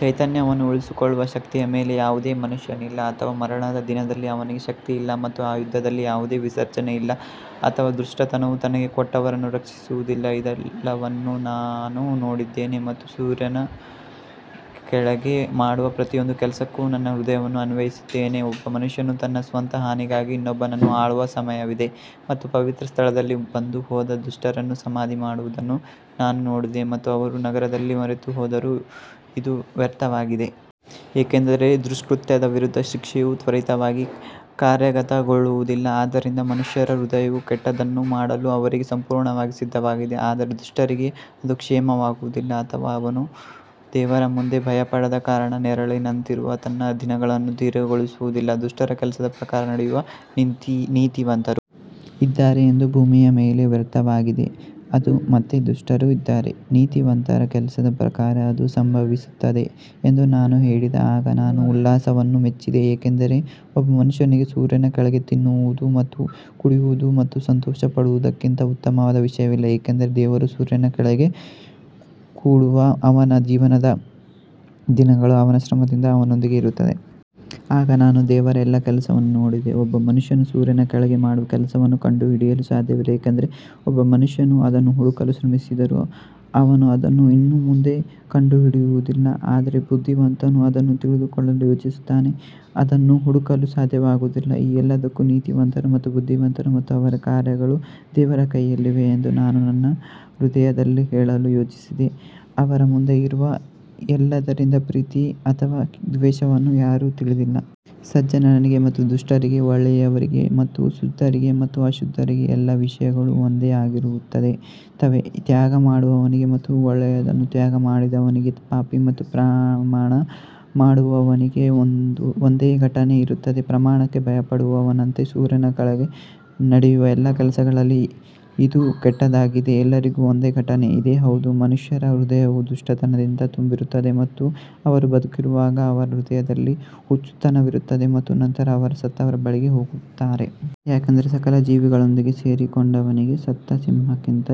ಚೈತನ್ಯವನ್ನು ಉಳಿಸಿಕೊಳ್ಳುವ ಶಕ್ತಿಯ ಮೇಲೆ ಯಾವುದೇ ಮನುಷ್ಯನಿಲ್ಲ ಅಥವಾ ಮರಣದ ದಿನದಲ್ಲಿ ಅವನಿಗೆ ಶಕ್ತಿಯಿಲ್ಲ ಮತ್ತು ಆ ಯುದ್ಧದಲ್ಲಿ ಯಾವುದೇ ವಿಸರ್ಜನೆ ಇಲ್ಲ ಅಥವಾ ದುಷ್ಟತನವು ತನಗೆ ಕೊಟ್ಟವರನ್ನು ರಕ್ಷಿಸುವುದಿಲ್ಲ ಇದೆಲ್ಲವನ್ನೂ ನಾನು ನೋಡಿದ್ದೇನೆ ಮತ್ತು ಸೂರ್ಯನ ಕೆಳಗೆ ಮಾಡುವ ಪ್ರತಿಯೊಂದು ಕೆಲಸಕ್ಕೂ ನನ್ನ ಹೃದಯವನ್ನು ಅನ್ವಯಿಸಿದ್ದೇನೆ, ಒಬ್ಬ ಮನುಷ್ಯನು ತನ್ನ ಸ್ವಂತ ಹಾನಿಗಾಗಿ ಇನ್ನೊಬ್ಬನನ್ನು ಆಳುವ ಸಮಯವಿದೆ ಮತ್ತು ಪವಿತ್ರ ಸ್ಥಳದಿಂದ ಬಂದು ಹೋದ ದುಷ್ಟರನ್ನು ಸಮಾಧಿ ಮಾಡುವುದನ್ನು ನಾನು ನೋಡಿದೆ ಮತ್ತು ಅವರು ನಗರದಲ್ಲಿ ಮರೆತುಹೋದರು, ಇದು ವ್ಯರ್ಥವಾಗಿದೆ. ಏಕೆಂದರೆ ದುಷ್ಕೃತ್ಯದ ವಿರುದ್ಧ ಶಿಕ್ಷೆಯು ತ್ವರಿತವಾಗಿ ಕಾರ್ಯಗತಗೊಳ್ಳುವುದಿಲ್ಲ, ಆದ್ದರಿಂದ ಮನುಷ್ಯರ ಹೃದಯವು ಕೆಟ್ಟದ್ದನ್ನು ಮಾಡಲು ಅವರಲ್ಲಿ ಸಂಪೂರ್ಣವಾಗಿ ಸಿದ್ಧವಾಗಿದೆ. ಆದರೆ ದುಷ್ಟರಿಗೆ ಅದು ಕ್ಷೇಮವಾಗುವುದಿಲ್ಲ ಅಥವಾ ಅವನು ದೇವರ ಮುಂದೆ ಭಯಪಡದ ಕಾರಣ ನೆರಳಿನಂತಿರುವ ತನ್ನ ದಿನಗಳನ್ನು ದೀರ್ಘಗೊಳಿಸುವುದಿಲ್ಲ. ದುಷ್ಟರ ಕೆಲಸದ ಪ್ರಕಾರ ನಡೆಯುವ ನೀತಿವಂತರು ಇದ್ದಾರೆ ಎಂದು ಭೂಮಿಯ ಮೇಲೆ ವ್ಯರ್ಥವಾಗಿದೆ, ಅದು ಮತ್ತೆ ದುಷ್ಟರು ಇದ್ದಾರೆ, ನೀತಿವಂತರ ಕೆಲಸದ ಪ್ರಕಾರ ಅದು ಸಂಭವಿಸುತ್ತದೆ ಎಂದು ನಾನು ಹೇಳಿದೆ ಆಗ ನಾನು ಉಲ್ಲಾಸವನ್ನು ಮೆಚ್ಚಿದೆ ಏಕೆಂದರೆ ಒಬ್ಬ ಮನುಷ್ಯನಿಗೆ ಸೂರ್ಯನ ಕೆಳಗೆ ತಿನ್ನುವುದು ಮತ್ತು ಕುಡಿಯುವುದು ಮತ್ತು ಸಂತೋಷಪಡುವುದಕ್ಕಿಂತ ಉತ್ತಮವಾದ ವಿಷಯವಿಲ್ಲ, ಏಕೆಂದರೆ ದೇವರು ಸೂರ್ಯನ ಕೆಳಗೆ ಕೊಡುವ ಅವನ ಜೀವನದ ದಿನಗಳು ಅವನ ಶ್ರಮದಿಂದ ಅವನೊಂದಿಗೆ ಇರುತ್ತದೆ. ಆಗ ನಾನು ದೇವರ ಎಲ್ಲಾ ಕೆಲಸವನ್ನು ನೋಡಿದೆ, ಒಬ್ಬ ಮನುಷ್ಯನು ಸೂರ್ಯನ ಕೆಳಗೆ ಮಾಡುವ ಕೆಲಸವನ್ನು ಕಂಡುಹಿಡಿಯಲು ಸಾಧ್ಯವಿಲ್ಲ ಏಕೆಂದರೆ ಒಬ್ಬ ಮನುಷ್ಯನು ಅದನ್ನು ಹುಡುಕಲು ಶ್ರಮಿಸಿದರೂ ಅವನು ಅದನ್ನು ಇನ್ನೂ ಮುಂದೆ ಕಂಡುಹಿಡಿಯುವುದಿಲ್ಲ, ಆದರೆ ಬುದ್ಧಿವಂತನು ಅದನ್ನು ತಿಳಿದುಕೊಳ್ಳಲು ಯೋಚಿಸುತ್ತಾನೆ. ಅದನ್ನು ಹುಡುಕಲು ಸಾಧ್ಯವಾಗುವುದಿಲ್ಲ ಈ ಎಲ್ಲದಕ್ಕೂ ನೀತಿವಂತರು ಮತ್ತು ಬುದ್ಧಿವಂತರು ಮತ್ತು ಅವರ ಕಾರ್ಯಗಳು ದೇವರ ಕೈಯಲ್ಲಿವೆ ಎಂದು ನಾನು ನನ್ನ ಹೃದಯದಲ್ಲಿ ಹೇಳಲು ಯೋಚಿಸಿದೆ, ಅವರ ಮುಂದೆ ಇರುವ ಎಲ್ಲದರಿಂದ ಪ್ರೀತಿ ಅಥವಾ ದ್ವೇಷವನ್ನು ಯಾರೂ ತಿಳಿದಿಲ್ಲ. ಸಜ್ಜನನಿಗೆ ಮತ್ತು ದುಷ್ಟರಿಗೆ ಒಳ್ಳೆಯವರಿಗೆ ಮತ್ತು ಶುದ್ಧರಿಗೆ ಮತ್ತು ಅಶುದ್ಧರಿಗೆ ಎಲ್ಲಾ ವಿಷಯಗಳು ಒಂದೇ ಆಗಿರುತ್ತವೆ, ತ್ಯಾಗ ಮಾಡುವವನಿಗೆ ಮತ್ತು ಒಳ್ಳೆಯದನ್ನು ತ್ಯಾಗ ಮಾಡದವನಿಗೆ ಪಾಪಿ ಮತ್ತು ಪ್ರಮಾಣ ಮಾಡುವವನಿಗೆ ಒಂದೇ ಘಟನೆ ಇರುತ್ತದೆ. ಪ್ರಮಾಣಕ್ಕೆ ಭಯಪಡುವವನಂತೆ ಸೂರ್ಯನ ಕೆಳಗೆ ನಡೆಯುವ ಎಲ್ಲಾ ಕೆಲಸಗಳಲ್ಲಿ ಇದು ಕೆಟ್ಟದ್ದಾಗಿದೆ, ಎಲ್ಲರಿಗೂ ಒಂದೇ ಘಟನೆ ಇದೆ, ಹೌದು, ಮನುಷ್ಯರ ಹೃದಯವು ದುಷ್ಟತನದಿಂದ ತುಂಬಿರುತ್ತದೆ ಮತ್ತು ಅವರು ಬದುಕಿರುವಾಗ ಅವರ ಹೃದಯದಲ್ಲಿ ಹುಚ್ಚುತನವಿರುತ್ತದೆ ಮತ್ತು ನಂತರ ಅವರು ಸತ್ತವರ ಬಳಿಗೆ ಹೋಗುತ್ತಾರೆ. ಯಾಕಂದರೆ ಸಕಲ ಜೀವಿಗಳೊಂದಿಗೆ ಸೇರಿಕೊಂಡವನಿಗೆ ಸತ್ತ ಸಿಂಹಕ್ಕಿಂತ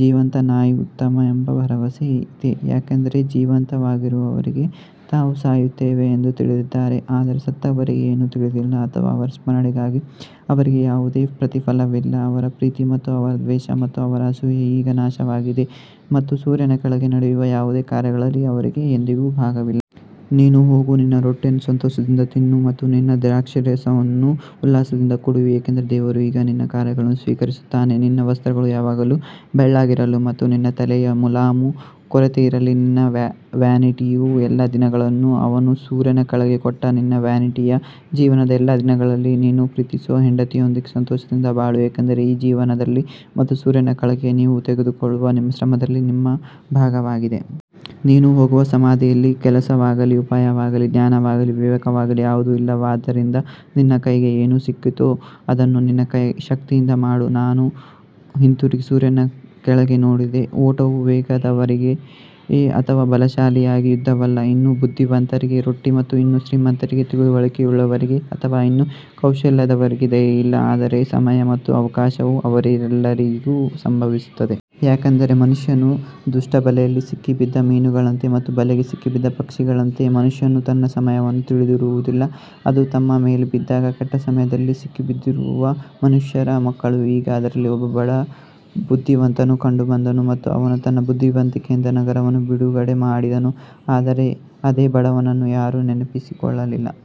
ಜೀವಂತ ನಾಯಿ ಉತ್ತಮ ಎಂಬ ಭರವಸೆ ಇದೆ ಯಾಕಂದರೆ ಜೀವಂತವಾಗಿರುವವರಿಗೆ ತಾವು ಸಾಯುತ್ತೇವೆ ಎಂದು ತಿಳಿದಿದ್ದಾರೆ ಆದರೆ ಸತ್ತವರಿಗೆ ಏನೂ ತಿಳಿದಿಲ್ಲ ಅಥವಾ ಅವರ ಸ್ಮರಣೆಗಾಗಿ ಅವರಿಗೆ ಯಾವುದೇ ಪ್ರತಿಫಲವಿಲ್ಲ ಅವರ ಪ್ರೀತಿ ಮತ್ತು ಅವರ ದ್ವೇಷ ಮತ್ತು ಅವರ ಅಸೂಯೆ ಈಗ ನಾಶವಾಗಿದೆ ಮತ್ತು ಸೂರ್ಯನ ಕೆಳಗೆ ನಡೆಯುವ ಯಾವುದೇ ಕಾರ್ಯದಲ್ಲಿ ಅವರಿಗೆ ಎಂದಿಗೂ ಭಾಗವಿಲ್ಲ. ನೀನು ಹೋಗು ನಿನ್ನ ರೊಟ್ಟಿಯನ್ನು ಸಂತೋಷದಿಂದ ತಿನ್ನು ಮತ್ತು ನಿನ್ನ ದ್ರಾಕ್ಷಾರಸವನ್ನು ಉಲ್ಲಾಸದಿಂದ ಕುಡಿಯು ಏಕೆಂದರೆ ದೇವರು ಈಗ ನಿನ್ನ ಕಾರ್ಯಗಳನ್ನು ಸ್ವೀಕರಿಸುತ್ತಾನೆ ನಿನ್ನ ವಸ್ತ್ರಗಳು ಯಾವಾಗಲೂ ಬೆಳ್ಳಗಿರಲಿ ಮತ್ತು ನಿನ್ನ ತಲೆಗೆ ಮುಲಾಮು ಕೊರತೆಯಿರಲಿ ನಿನ್ನ ವ್ಯಾನಿಟಿಯ ಎಲ್ಲಾ ದಿನಗಳಲ್ಲಿ ಅವನು ಸೂರ್ಯನ ಕೆಳಗೆ ಕೊಟ್ಟ ನಿನ್ನ ವ್ಯಾನಿಟಿಯ ಜೀವನದ ಎಲ್ಲಾ ದಿನಗಳಲ್ಲಿ ನೀನು ಪ್ರೀತಿಸುವ ಹೆಂಡತಿಯೊಂದಿಗೆ ಸಂತೋಷದಿಂದ ಬಾಳು, ಏಕೆಂದರೆ ಈ ಜೀವನದಲ್ಲಿ ಮತ್ತು ಸೂರ್ಯನ ಕೆಳಗೆ ನೀವು ತೆಗೆದುಕೊಳ್ಳುವ ನಿಮ್ಮ ಶ್ರಮದಲ್ಲಿ ನಿಮ್ಮ ಭಾಗವಾಗಿದೆ. ನೀನು ಹೋಗುವ ಸಮಾಧಿಯಲ್ಲಿ ಕೆಲಸವಾಗಲಿ, ಉಪಾಯವಾಗಲಿ, ಜ್ಞಾನವಾಗಲಿ, ವಿವೇಕವಾಗಲಿ ಯಾವುದೂ ಇಲ್ಲವಾದ್ದರಿಂದ ನಿನ್ನ ಕೈಗೆ ಏನು ಸಿಕ್ಕಿತೋ ಅದನ್ನು ನಿನ್ನ ಶಕ್ತಿಯಿಂದ ಮಾಡು. ನಾನು ಹಿಂತಿರುಗಿ ಸೂರ್ಯನ ಕೆಳಗೆ ನೋಡಿದೆ, ಓಟವು ವೇಗದವರಿಗೆ ಅಥವಾ ಬಲಶಾಲಿಗಳಿಗೆ ಯುದ್ಧವಲ್ಲ, ಇನ್ನೂ ಬುದ್ಧಿವಂತರಿಗೆ ರೊಟ್ಟಿ ಅಥವಾ ಇನ್ನೂ ಶ್ರೀಮಂತರಿಗೆ ತಿಳುವಳಿಕೆಯುಳ್ಳವರಿಗೆ ಅಥವಾ ಇನ್ನೂ ಕೌಶಲ್ಯದವರಿಗೆ ದಯೆಯಿಲ್ಲ ಆದರೆ ಸಮಯ ಮತ್ತು ಅವಕಾಶವು ಅವರೆಲ್ಲರಿಗೂ ಸಂಭವಿಸುತ್ತದೆ. ಯಾಕಂದರೆ ಮನುಷ್ಯನು ದುಷ್ಟ ಬಲೆಯಲ್ಲಿ ಸಿಕ್ಕಿಬಿದ್ದ ಮೀನುಗಳಂತೆ ಮತ್ತು ಬಲೆಗೆ ಸಿಕ್ಕಿಬಿದ್ದ ಪಕ್ಷಿಗಳಂತೆ ಮನುಷ್ಯನು ತನ್ನ ಸಮಯವನ್ನು ತಿಳಿದಿರುವುದಿಲ್ಲ, ಅದು ತಮ್ಮ ಮೇಲೆ ಬಿದ್ದಾಗ ಕೆಟ್ಟ ಸಮಯದಲ್ಲಿ ಸಿಕ್ಕಿಬಿದ್ದಿರುವ ಮನುಷ್ಯರ ಮಕ್ಕಳು ಈಗ ಅದರಲ್ಲಿ ಒಬ್ಬ ಬಡ ಬುದ್ಧಿವಂತನು ಕಂಡುಬಂದನು ಮತ್ತು ಅವನು ತನ್ನ ಬುದ್ಧಿವಂತಿಕೆಯಿಂದ ನಗರವನ್ನು ಬಿಡುಗಡೆ ಮಾಡಿದನು, ಆದರೆ ಅದೇ ಬಡವನನ್ನು ಯಾರೂ ನೆನಪಿಸಿಕೊಳ್ಳಲಿಲ್ಲ.